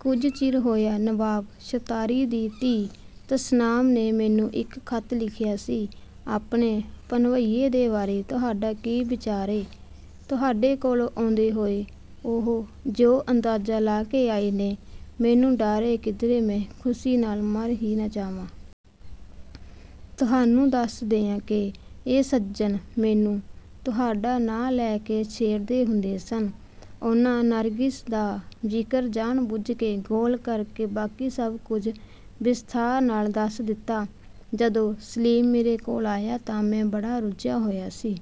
ਕੁਝ ਚਿਰ ਹੋਇਆ, ਨਵਾਬ ਛਤਾਰੀ ਦੀ ਧੀ ਤਸਨਾਮ ਨੇ ਮੈਨੂੰ ਇੱਕ ਖ਼ਤ ਲਿਖਿਆ ਸੀ, ਆਪਣੇ ਭਣਵੱਈਏ ਦੇ ਬਾਰੇ ਤੁਹਾਡਾ ਕੀ ਵਿਚਾਰ ਏ? ਤੁਹਾਡੇ ਕੋਲੋਂ ਆਉਂਦੇ ਹੋਏ ਉਹ ਜੋ ਅੰਦਾਜ਼ਾ ਲਾ ਕੇ ਆਏ ਨੇ, ਮੈਨੂੰ ਡਰ ਏ ਕਿਧਰੇ ਮੈਂ ਖੁਸ਼ੀ ਨਾਲ ਮਰ ਈ ਨਾ ਜਾਵਾਂ! ਤੁਹਾਨੂੰ ਦੱਸ ਦਿਆਂ ਕਿ ਇਹ ਸੱਜਣ ਮੈਨੂੰ ਤੁਹਾਡਾ ਨਾਂ ਲੈ ਕੇ ਛੇੜਦੇ ਹੁੰਦੇ ਸਨ। ਉਨ੍ਹਾਂ ਨਰਗਿਸ ਦਾ ਜ਼ਿਕਰ ਜਾਣ ਬੁੱਝ ਕੇ ਗੋਲ ਕਰਕੇ ਬਾਕੀ ਸਭ ਕੁਝ ਵਿਸਥਾਰ ਨਾਲ ਦੱਸ ਦਿੱਤਾ। ਜਦੋਂ ਸਲੀਮ ਮੇਰੇ ਕੋਲ ਆਇਆ ਤਾਂ ਮੈਂ ਬੜਾ ਰੁੱਝਿਆ ਹੋਇਆ ਸੀ।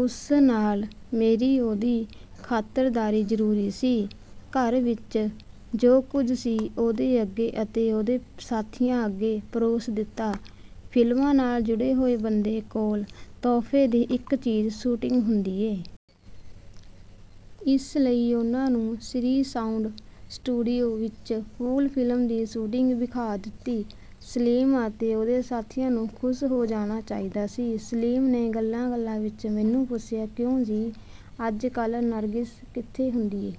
ਉਸ ਨਾਲ ਮੇਰੀ ਉਹਦੀ ਖਾਤਰਦਾਰੀ ਜ਼ਰੂਰੀ ਸੀ। ਘਰ ਵਿੱਚ ਜੋ ਕੁਝ ਸੀ ਉਹਦੇ ਅੱਗੇ ਅਤੇ ਉਹਦੇ ਸਾਥੀਆਂ ਅੱਗੇ ਪਰੋਸ ਦਿੱਤਾ। ਫ਼ਿਲਮਾਂ ਨਾਲ ਜੁੜੇ ਹੋਏ ਬੰਦੇ ਕੋਲ ਤੋਹਫ਼ੇ ਦੀ ਇੱਕ ਚੀਜ਼ ਸ਼ੂਟਿੰਗ ਹੁੰਦੀ ਏ। ਇਸ ਲਈ ਉਨ੍ਹਾਂ ਨੂੰ ਸ੍ਰੀ ਸਾਊਂਡ ਸਟੂਡੀਓ ਵਿੱਚ ਫੂਲ ਫ਼ਿਲਮ ਦੀ ਸ਼ੂਟਿੰਗ ਵਿਖਾ ਦਿੱਤੀ। ਸਲੀਮ ਅਤੇ ਉਹਦੇ ਸਾਥੀਆਂ ਨੂੰ ਖੁਸ਼ ਹੋ ਜਾਣਾ ਚਾਹੀਦਾ ਸੀ। ਸਲੀਮ ਨੇ ਗੱਲਾਂ ਗੱਲਾਂ ਵਿੱਚ ਮੈਨੂੰ ਪੁੱਛਿਆ, ਕਿਉਂ ਜੀ, ਅੱਜ ਕੱਲ੍ਹ ਨਰਗਿਸ ਕਿੱਥੇ ਹੁੰਦੀ ਏ?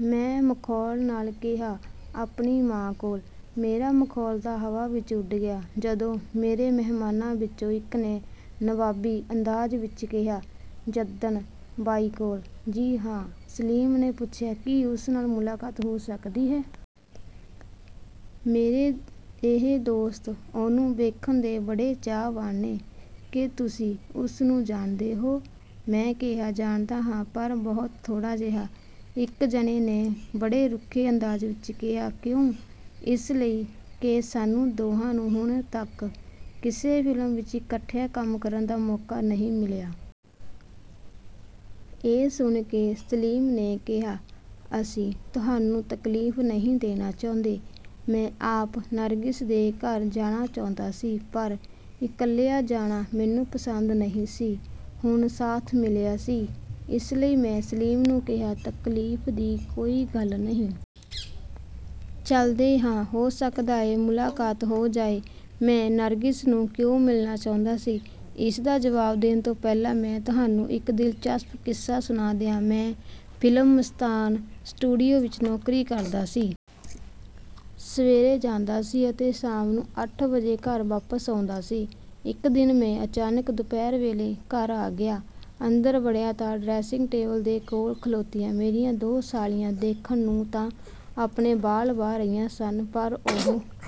ਮੈਂ ਮਖੌਲ ਨਾਲ ਕਿਹਾ, ਆਪਣੀ ਮਾਂ ਕੋਲ। ਮੇਰਾ ਮਖੌਲ ਤਾਂ ਹਵਾ ਵਿੱਚ ਉੱਡ ਗਿਆ। ਜਦੋਂ ਮੇਰੇ ਮਹਿਮਾਨਾਂ ਵਿੱਚੋਂ ਇੱਕ ਨੇ ਨਵਾਬੀ ਅੰਦਾਜ਼ ਵਿੱਚ ਕਿਹਾ, ਜੱਦਨ ਬਾਈ ਕੋਲ? ਜੀ ਹਾਂ। ਸਲੀਮ ਨੇ ਪੁੱਛਿਆ, ਕੀ ਉਸ ਨਾਲ ਮੁਲਾਕਾਤ ਹੋ ਸਕਦੀ ਏ? ਮੇਰੇ ਇਹ ਦੋਸਤ ਉਹਨੂੰ ਵੇਖਣ ਦੇ ਬੜੇ ਚਾਹਵਾਨ ਨੇ। ਕੀ ਤੁਸੀਂ ਉਸਨੂੰ ਜਾਣਦੇ ਹੋ? ਮੈਂ ਕਿਹਾ, ਜਾਣਦਾ ਹਾਂ ਪਰ ਬਹੁਤ ਥੋੜ੍ਹਾ ਜਿਹਾ। ਇੱਕ ਜਣੇ ਨੇ ਬੜੇ ਰੁੱਖੇ ਅੰਦਾਜ਼ ਵਿੱਚ ਕਿਹਾ, ਕਿਉਂ? ਇਸ ਲਈ ਕਿ ਸਾਨੂੰ ਦੋਹਾਂ ਨੂੰ ਹੁਣ ਤੱਕ ਕਿਸੇ ਫ਼ਿਲਮ ਵਿੱਚ ਇਕੱਠਿਆਂ ਕੰਮ ਕਰਨ ਦਾ ਮੌਕਾ ਨਹੀਂ ਮਿਲਿਆ। ਇਹ ਸੁਣ ਕੇ ਸਲੀਮ ਨੇ ਕਿਹਾ, ਅਸੀਂ ਤੁਹਾਨੂੰ ਤਕਲੀਫ਼ ਨਹੀਂ ਦੇਣਾ ਚਾਹੁੰਦੇ। ਮੈਂ ਆਪ ਨਰਗਿਸ ਦੇ ਘਰ ਜਾਣਾ ਚਾਹੁੰਦਾ ਸੀ ਪਰ ਇਕੱਲਿਆਂ ਜਾਣਾ ਮੈਨੂੰ ਪਸੰਦ ਨਹੀਂ ਸੀ। ਹੁਣ ਸਾਥ ਮਿਲਿਆ ਸੀ। ਇਸ ਲਈ ਮੈਂ ਸਲੀਮ ਨੂੰ ਕਿਹਾ, ਤਕਲੀਫ਼ ਦੀ ਕੋਈ ਗੱਲ ਨਹੀਂ। ਚੱਲਦੇ ਆਂ। ਹੋ ਸਕਦਾ ਏ ਮੁਲਾਕਾਤ ਹੋ ਜਾਏ। ਮੈਂ ਨਰਗਿਸ ਨੂੰ ਕਿਉਂ ਮਿਲਣਾ ਚਾਹੁੰਦਾ ਸੀ? ਇਸ ਦਾ ਜਵਾਬ ਦੇਣ ਤੋਂ ਪਹਿਲਾਂ ਮੈਂ ਤੁਹਾਨੂੰ ਇੱਕ ਦਿਲਚਸਪ ਕਿੱਸਾ ਸੁਣਾ ਦਿਆਂ। ਮੈਂ ਫ਼ਿਲਮਸਤਾਨ ਸਟੂਡੀਓ ਵਿੱਚ ਨੌਕਰੀ ਕਰਦਾ ਸੀ। ਸਵੇਰੇ ਜਾਂਦਾ ਸੀ ਅਤੇ ਸ਼ਾਮ ਨੂੰ ਅੱਠ ਵਜੇ ਘਰ ਵਾਪਸ ਆਉਂਦਾ ਸੀ। ਇੱਕ ਦਿਨ ਮੈਂ ਅਚਾਨਕ ਦੁਪਹਿਰ ਵੇਲੇ ਘਰ ਆ ਗਿਆ। ਅੰਦਰ ਵੜਿਆ ਤਾਂ ਡਰੈਸਿੰਗ ਟੇਬਲ ਦੇ ਕੋਲ ਖਲੋਤੀਆਂ ਮੇਰੀਆਂ ਦੋ ਸਾਲੀਆਂ ਦੇਖਣ ਨੂੰ ਤਾਂ ਆਪਣੇ ਵਾਲ ਵਾਹ ਰਹੀਆਂ ਸਨ, ਪਰ ਉਹ